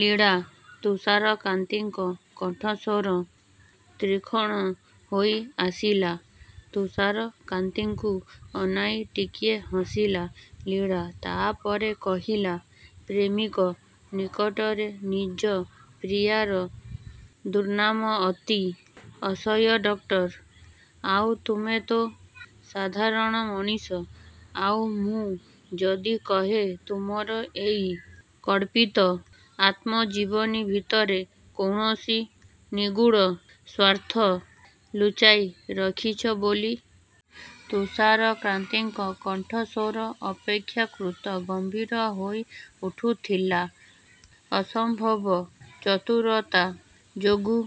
ଲୀଳା! ତୁଷାରକାନ୍ତିଙ୍କ କଣ୍ଠସ୍ୱର ତୀକ୍ଷ୍ଣ ହୋଇ ଆସିଲା। ତୁଷାରକାନ୍ତିଙ୍କୁ ଅନାଇ ଟିକିଏ ହସିଲା ଲୀଳା। ତା ପରେ କହିଲା-ପ୍ରେମିକ ନିକଟରେ ନିଜ ପ୍ରିୟାର ଦୁର୍ନାମ ଅତି ଅସହ୍ୟ ଡକ୍ଟର-। ଆଉ ତୁମେ ତ ସାଧାରଣ ମଣିଷ। ଆଉ ମୁଁ ଯଦି କହେଁ; ତୁମର ଏହି କଳ୍ପିତ ଆତ୍ମଜୀବନୀ ଭିତରେ କୌଣସି ନିଗୂଢ଼ ସ୍ୱାର୍ଥ ଲୁଚାଇ ରଖିଛ ବୋଲି? ତୁଷାରକାନ୍ତିଙ୍କ କଣ୍ଠସ୍ୱର ଅପେକ୍ଷାକୃତ ଗମ୍ଭୀର ହୋଇ ଉଠୁଥିଲା। ଅସମ୍ଭବ ଚତୁରତା ଯୋଗୁଁ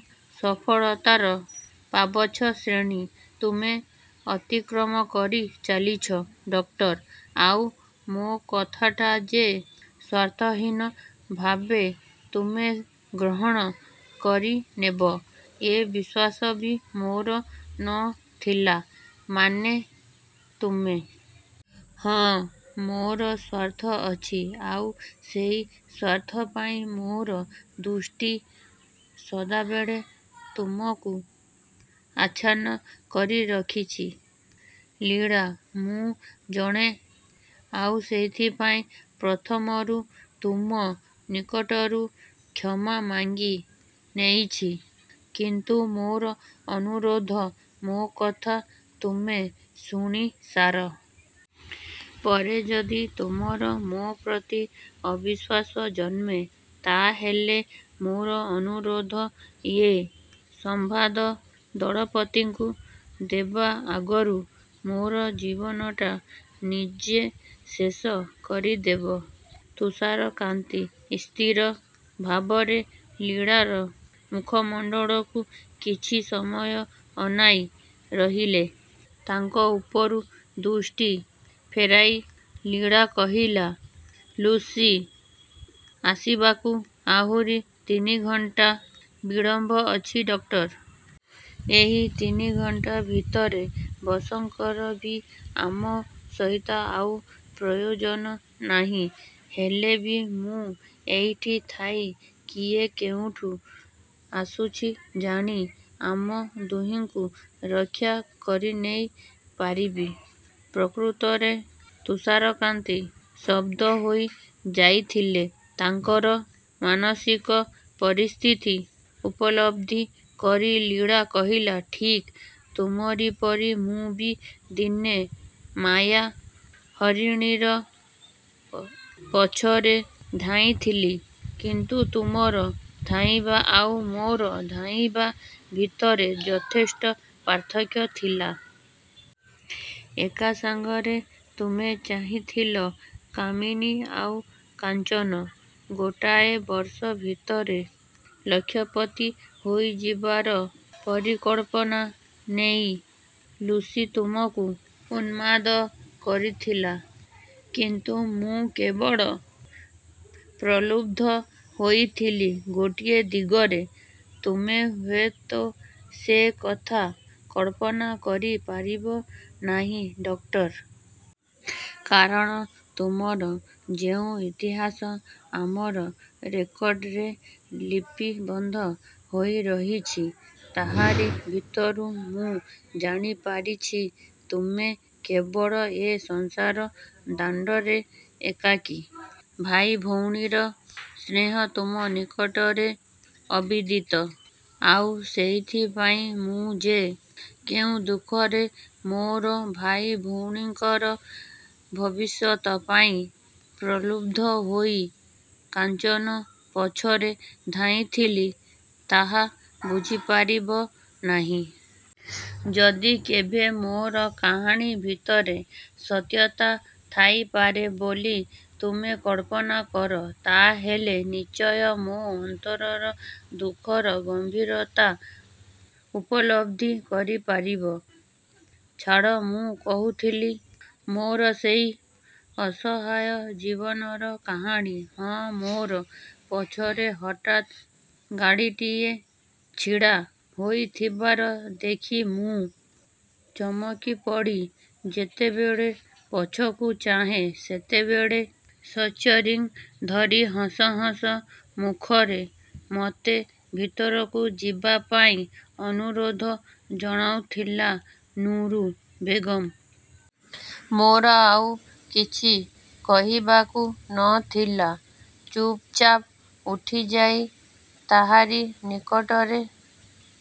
ସଫଳତାର ପାବଚ୍ଛଶ୍ରେଣୀ ତୁମେ ଅତିକ୍ରମ କରି ଚାଲିଛ; ଡକ୍ଟର। ଆଉ ମୋ କଥାଟା ଯେ ସ୍ୱାର୍ଥହୀନ ଭାବେ ତୁମେ ଗ୍ରହଣ କରିନେବ, ଏ ବିଶ୍ୱାସ ବି ମୋର ନ ଥିଲା। ମାନେ? ତୁମେ ହଁ, ମୋର ସ୍ୱାର୍ଥ ଅଛି। ଆଉ ସେହି ସ୍ୱାର୍ଥ ପାଇଁ ମୋର ଦୃଷ୍ଟି ସଦାବେଳେ ତୁମକୁ ଆଚ୍ଛନ୍ନ କରିରଖିଛି। ଲୀଳା ମୁଁ ଜାଣେ, ଆଉ ସେଇଥିପାଇଁ ପ୍ରଥମରୁ ତୁମ ନିକଟରୁ କ୍ଷମା ମାଗି ନେଇଛି; କିନ୍ତୁ ମୋର ଅନୁରୋଧ, ମୋ କଥା ତୁମେ ଶୁଣି ସାର। ପରେ ଯଦି ତୁମର ମୋ ପ୍ରତି ଅବିଶ୍ୱାସ ଜନ୍ମେ, ତା ହେଲେ ମୋର ଅନୁରୋଧ, ଏ ସମ୍ବାଦ ଦଳପତିଙ୍କୁ ଦେବା ଆଗରୁ ମୋର ଜୀବନଟା ନିଜେ ଶେଷ କରିଦେବ। ତୁଷାରକାନ୍ତି ସ୍ଥିର ଭାବରେ ଲୀଳାର ମୁଖମଣ୍ଡଳକୁ କିଛି ସମୟ ଅନାଇ ରହିଲେ। ତାଙ୍କ ଉପରୁ ଦୃଷ୍ଟି ଫେରାଇ ଲୀଳା କହିଲା-ଲୁସି ଆସିବାକୁ ଆହୁରି ତିନି ଘଣ୍ଟା ବିଳମ୍ବ ଅଛି ଡକ୍ଟର। ଏହି ତିନି ଘଣ୍ଟା ଭିତରେ ବସଙ୍କର ବି ଆମ ସହିତ ଆଉ ପ୍ରୟୋଜନ ନାହିଁ। ହେଲେ ବି ମୁଁ ଏଇଠି ଥାଇ କିଏ କେଉଁଠୁ ଆସୁଛି ଜାଣି, ଆମ ଦୁହିଙ୍କୁ ରକ୍ଷା କରିନେଇ ପାରିବି। ପ୍ରକୃତରେ ତୁଷାରକାନ୍ତି ସ୍ତବ୍ଧ ହୋଇ ଯାଇଥିଲେ। ତାଙ୍କର ମାନସିକ ପରିସ୍ଥିତି ଉପଲବ୍ଧି କରି ଲୀଳା କହିଲା-ଠିକ୍ ତୁମରି ପରି ମୁଁ ବି ଦିନେ ମାୟା ହରିଣୀର ପଛରେ ଧାଇଁଥିଲି; କିନ୍ତୁ ତୁମର ଧାଇଁବା ଆଉ ମୋର ଧାଇଁବା ଭିତରେ ଯଥେଷ୍ଟ ପାର୍ଥକ୍ୟ ଥିଲା। ଏକା ସାଙ୍ଗରେ ତୁମେ ଚାହିଁଥିଲ କାମିନୀ ଆଉ କାଞ୍ଚନ। ଗୋଟାଏ ବର୍ଷ ଭିତରେ ଲକ୍ଷପତି ହୋଇଯିବାର ପରିକଳ୍ପନା ନେଇ ଲୁସି ତୁମକୁ ଉନ୍ମାଦ କରିଥିଲା। କିନ୍ତୁ ମୁଁ କେବଳ ପ୍ରଲୁବ୍ଧ ହୋଇଥିଲି ଗୋଟିଏ ଦିଗରେ। ତୁମେ ହୁଏ ତ ସେ କଥା କଳ୍ପନା କରି ପାରିବ ନାହିଁ ଡକ୍ଟର। କାରଣ ତୁମର ଯେଉଁ ଇତିହାସ ଆମର ରେକର୍ଡରେ ଲିପିବଦ୍ଧ ହୋଇ ରହିଛି, ତାହାରି ଭିତରୁ ମୁଁ ଜାଣିପାରିଛି, ତୁମେ କେବଳ ଏ ସଂସାର ଦାଣ୍ଡରେ ଏକାକୀ। ଭାଇ ଭଉଣୀର ସ୍ନେହ ତୁମ ନିକଟରେ ଅବିଦିତ। ଆଉ ସେଇଥିପାଇଁ ମୁଁ ଯେ କେଉଁ ଦୁଃଖରେ ମୋର ଭାଇ ଭଉଣୀଙ୍କର ଭବିଷ୍ୟତ ପାଇଁ ପ୍ରଲୁବ୍ଧ ହୋଇ କାଞ୍ଚନ ପଛରେ ଧାଇଁଥିଲି, ତାହା ବୁଝିପାରିବ ନାହିଁ। ଯଦି କେବେ ମୋର କାହାଣୀ ଭିତରେ ସତ୍ୟତା ଥାଇପାରେ ବୋଲି ତୁମେ କଳ୍ପନା କର, ତା ହେଲେ ନିଶ୍ଚୟ ମୋ ଅନ୍ତରର ଦୁଃଖର ଗଭୀରତା ଉପଲବ୍ଧି କରିପାରିବ। ଛାଡ଼, ମୁଁ କହୁଥିଲି ମୋର ସେହି। ଅସହାୟ ଜୀବନର କାହାଣୀ। ହଁ, ମୋର ପଛରେ ହଠାତ୍ ଗାଡ଼ିଟିଏ ଛିଡ଼ା ହୋଇଥିବାର ଦେଖି ମୁଁ ଚକମିପଡ଼ି ଯେତେବେଳେ ପଛକୁ ଚାହେଁ, ସେତେବେଳେ ଷ୍ଚିଅରିଂ ଧରି ହସ ହସ ମୁଖରେ ମୋତେ ଭିତରକୁ ଯିବା ପାଇଁ ଅନୁରୋଧ ଜଣାଉଥିଲା ନୁରୁ ବେଗମ। ମୋର ଆଉ କିଛି କହିବାକୁ ନ ଥିଲା। ଚୁପଚାପ୍ ଉଠିଯାଇ ତାହାରି ନିକଟରେ